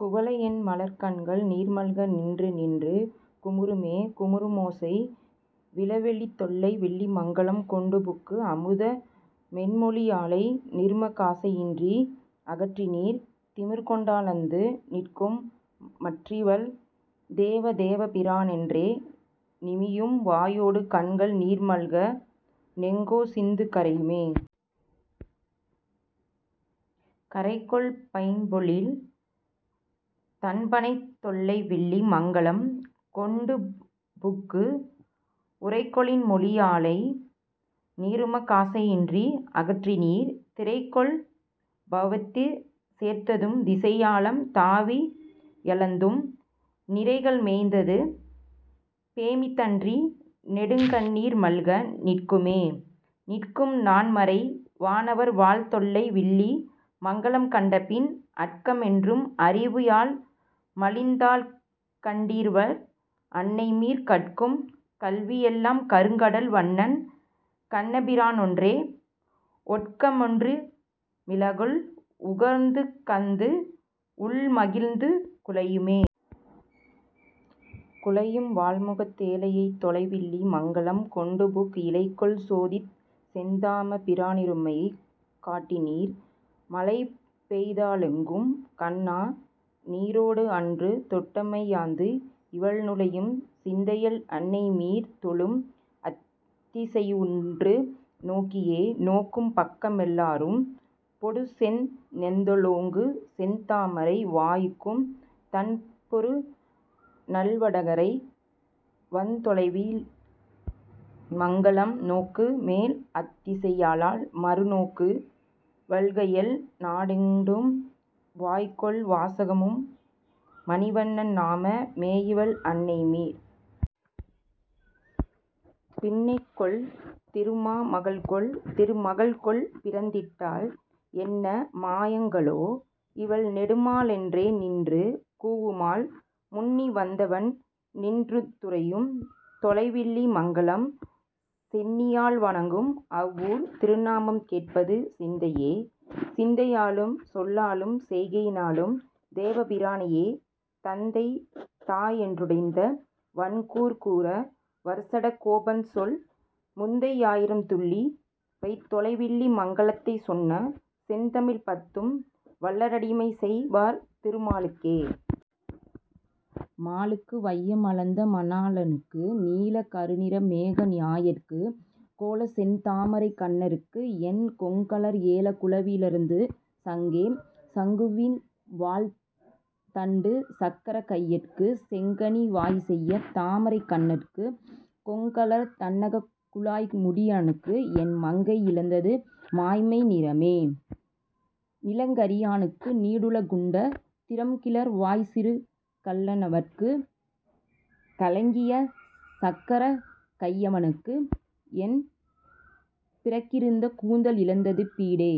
குவளை யெண்மலர்க் கண்கள் நீர்மல்க நின்று நின்று குமுறுமே.. குமுறு மோசை விழவொ லித்தொலை வில்லி மங்கலம் கொண்டுபுக்கு, அமுத மென்மொழி யாளை நீருமக் காசை யின்றி அகற்றினீர், திமிர்க்கொண் டானந்து நிற்கும் மற்றிவள் தேவ தேவபி ரானென்றே, நிமியும் வாயொடு கண்கள் நீர்மல்க நெங்கொ சிந்து கரையுமே.. கரைகொள் பைம்பொழில் தண்ப ணைத்தொலை வில்லி மங்கலம் கொண்டுபுக்கு, உரைகொ ளின்மொழி யாளை நீருமக் காசை யின்றி அகற்றினீர், திரைகொள் பௌவத்து சேர்ந்த தும்திசை ஞாலம் தாவி யளந்தும், நிரைகள் மேய்ந்தது மேபி தற்றி நெடுங்கண் ணீர்மல்க நிற்குமே.. நிற்கும் நான்மறை வாணர் வாழ்தொலை வில்லி மங்கலங் கண்டபின், அற்க மொன்றும் அறிவு றாள்மலிந் தாள்கண் டீரிவள் அன்னைமீர், கற்கும் கல்வியெல் லாம்க ருங்கடல் வண்ணன் கண்ணபி ரானொன்றே, ஒற்க மொன்றுமி லள்உகந்துகந்து உள்மகிழ்ந்து குழையுமே.. குழையும் வாள்முகத் தேழை யைத்தொலை வில்லி மங்கலம் கொண்டுபுக்கு, இழைகொள் சோதிச்செந் தாம பிரானி ருந்தமை காட்டினீர், மழைபெய் தாலொக்கும் கண்ணா நீரினொடு அன்று தொட்டும்மை யாந்து, இவள் நுழையும் சிந்தையள் அன்னை மீர். தொழும் அத்தி சையுற்று நோக்கியே.. நோக்கும் பக்கமெல் லாம்க ரும்பொடு செந்நெ லோங்குசெந் தாமரை, வாய்க்கும் தண்பொரு நல்வ டகரை வந்தொ லைவில்லி மங்கலம், நோக்கு மேல்அ த் திசையல் லால்மறு நோக்கி லள்வைகல் நாள்டொறும், வாய்க்கொள் வாசக மும்ம ணிவண்ணன் நாம மேயிவள் அன்னைமீர்.. பின்னை கொல்திரு மாம கள்கொல்? திரும கள்கொல்? பிறந்திட்டாள், என்ன மாயங்கொ லோ? இ வள்நெடு மாலென் றேநின்று கூவுமால், முன்னி வந்தவன் நின்றி ருந்துறை யும்தொ லைவில்லி மங்கலம் சென்னி யால்வணங் கும்அ வ் வூர்த்திரு நாமம் கேட்பது சிந்தையே. சிந்தை யாலும்சொல் லாலும் செய்கையினாலும் தேவ பிரானையே, தந்தை தாயென் றடைந்த வண்குரு கூர வர்சட கோபன்சொல், முந்தை யாயிரத் துள்ளி வைதொலை வில்லி மங்கலத் தைச்சொன்ன, செந்தமிழ்பத்தும் வல்லரடிமை செய் வார்திரு மாலுக்கே. மாலுக்கு வையம் அளந்த மணாளற்கு, நீலக் கருநிற மேக நியாயற்கு, கோலச்செந் தாமரைக் கண்ணற்கு, என் கொங்கலர் ஏலக் குழலி யிழந்தது சங்கே.. சங்குவில் வாள்தண்டு சக்கரக் கையற்கு, செங்கனி வாய்ச்செய்ய தாமரை கண்ணற்கு, கொங்கலர் தண்ணந் துழாய்முடி யானுக்கு, என் மங்கை யிழந்தது மாமை நிறமே.. நிறங்கரி யானுக்கு நீடுல குண்ட, திறம்கிளர் வாய்ச்சிறு கள்ள னவற்கு, கறங்கிய சக்கரக் கையவ னுக்கு, என் பிறங்கிருங் கூந்தல் இழந்தது பீடே..